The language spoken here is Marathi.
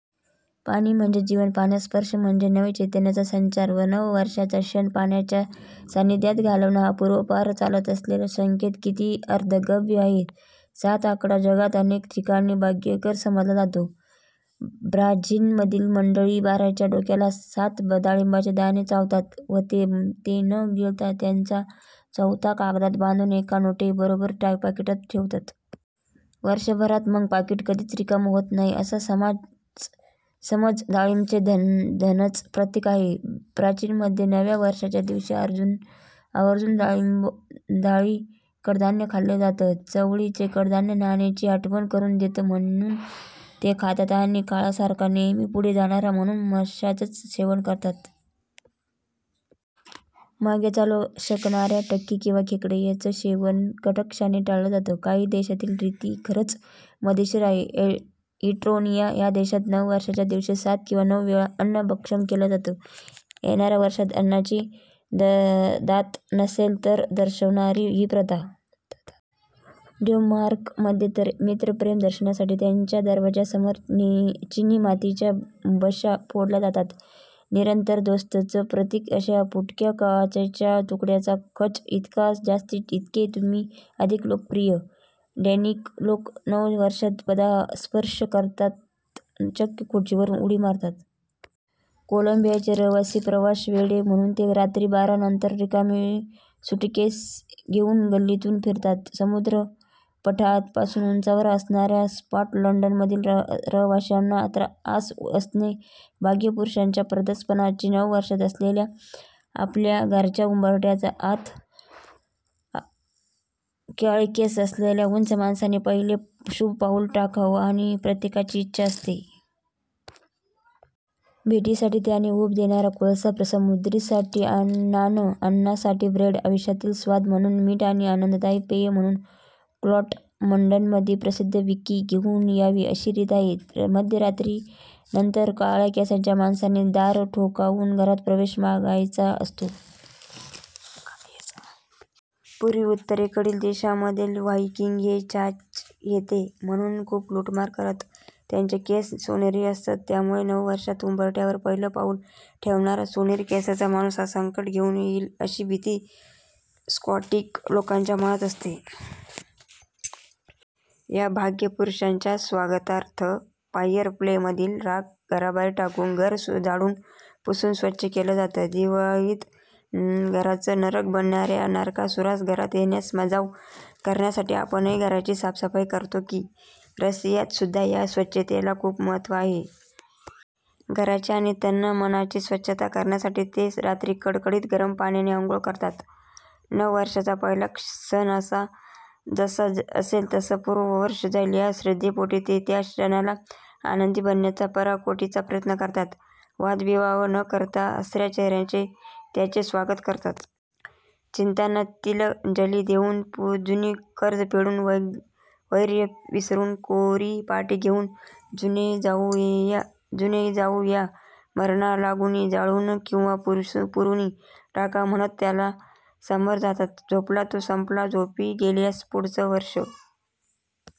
पाणी म्हणजे जीवन. पाण्याचा स्पर्श म्हणजे नवचैतन्याचा संचार! नववर्षाचा क्षण पाण्याच्या सान्निध्यात घालवणं हा पूर्वापार चालत आलेला संकेत किती अर्थगर्भ आहे! सात आकडा जगात अनेक ठिकाणी भाग्यांक समजला जातो. ब्राझीलमधील मंडळी बाराच्या ठोक्याला सात डाळिंबाचे दाणे चावतात, पण ते न गिळता त्याचा चोथा कागदात बांधून एका नोटेबरोबर पाकिटात ठेवतात. वर्षभरात मग पाकीट कधीच रिकामं होत नाही, असा समज! डाळिंब हे धनाचं प्रतीक आहे. ब्राझीलमध्ये नव्या वर्षाच्या दिवशी आवर्जून डाळी, कडधान्य खाल्लं जातं. चवळी हे कडधान्य नाण्याची आठवण करून देतं म्हणून ते खातात आणि काळासारखा नेहमी पुढे जाणारा म्हणून माशाचं सेवन करतात. मागे चालू शकणाऱ्या टर्की किंवा खेकडा यांचं सेवन कटाक्षाने टाळलं जातं. काही देशातील रीती खरंच मजेशीर आहेत. इस्टोनिया या देशात नववर्षाच्या दिवशी सात किंवा नऊ वेळा अन्न भक्षण केलं जातं. येणाऱ्या वर्षात अन्नाची ददात नसेल असं दर्शवणारी ही प्रथा! डेन्मार्कमध्ये तर मित्रप्रेम दर्शवण्यासाठी त्याच्या दरवाजासमोर चिनीमातीच्या बशा फोडल्या जातात. चिरंतन दोस्तीचं प्रतीक अशा या फुटक्या काचांच्या तुकड्यांचा खच जितका जास्ती, तितके तुम्ही अधिक लोकप्रिय. डॅनिश लोक नववर्षात पदार्पण करताना चक्क खुर्चीवरून उडी मारतात. कोलंबियाचे रहिवासी प्रवासवेडे. म्हणून ते रात्री बारानंतर रिकामी सूटकेस घेऊन गल्लीतून फिरतात. समुद्रसपाटीपासून उंचावर राहणाऱ्या स्कॉटलंडमधील रहिवाशांना आस असते भाग्यपुरुषाच्या पदार्पणाची. नववर्षात आपल्या घराच्या उंबरठ्याच्या आत काळे केस असलेल्या उंच माणसाने पहिलं शुभ पाऊल टाकावं अशी प्रत्येकाची इच्छा असते. भेटीदाखल त्याने ऊब देणारा कोळसा, समृद्धीसाठी नाणं, अन्नासाठी ब्रेड, आयुष्यातील स्वाद म्हणून मीठ आणि आनंददायी पेय म्हणून स्कॉटलंडमधील प्रसिद्ध व्हिस्की घेऊन जावी अशी रीत आहे. मध्यरात्रीनंतर काळ्या केसांच्या माणसांनी दार ठोठावून घरात प्रवेश मागायचा असतो. पूर्वी उत्तरेकडील देशांमधून व्हायकिंग हे चाचे येत आणि खूप लूटमार करत. त्यांचे केस सोनेरी असत. त्यामुळे नववर्षात उंबरठ्यावर पहिलं पाऊल ठेवणारा सोनेरी केसांचा माणूस हा संकटं घेऊन येईल अशी भीती स्कॉटिश लोकांच्या मनात असते. या भाग्यपुरुषाच्या स्वागतार्थ फायरप्लेसमधील राख घराबाहेर टाकून, घर झाडून, पुसून स्वच्छ केलं जातं. दिवाळीत घराचं नरक बनवणाऱ्या नरकासुरास घरात येण्यास मज्जाव करण्यासाठी आपणही घराची साफसफाई करतोच की! रशियात सुद्धा या स्वच्छतेला खूप महत्त्व आहे. घराची आणि तनामनाची स्वच्छता करण्यासाठी ते रात्री कडकडीत गरम पाण्याने अंघोळ करतात. नववर्षाचा पहिला क्षण जसा असेल तसं पूर्ण वर्ष जाईल या श्रद्धेपोटी ते त्या क्षणाला आनंदी बनवण्याचा पराकोटीचा प्रयत्न करतात. वादविवाद न करता, हसऱ्या चेहऱ्याने त्याचं स्वागत करतात. चिंतांना तिलांजली देऊन, जुनी कर्जं फेडून, वैर विसरून, कोरी पाटी घेऊन, 'जुने जाऊ द्या मरणालागुनी, जाळून किंवा पुरुनी टाका' म्हणत त्याला सामोरं जातात. 'झोपला तो संपला'! झोपी गेलेल्याचं पुढचं वर्षं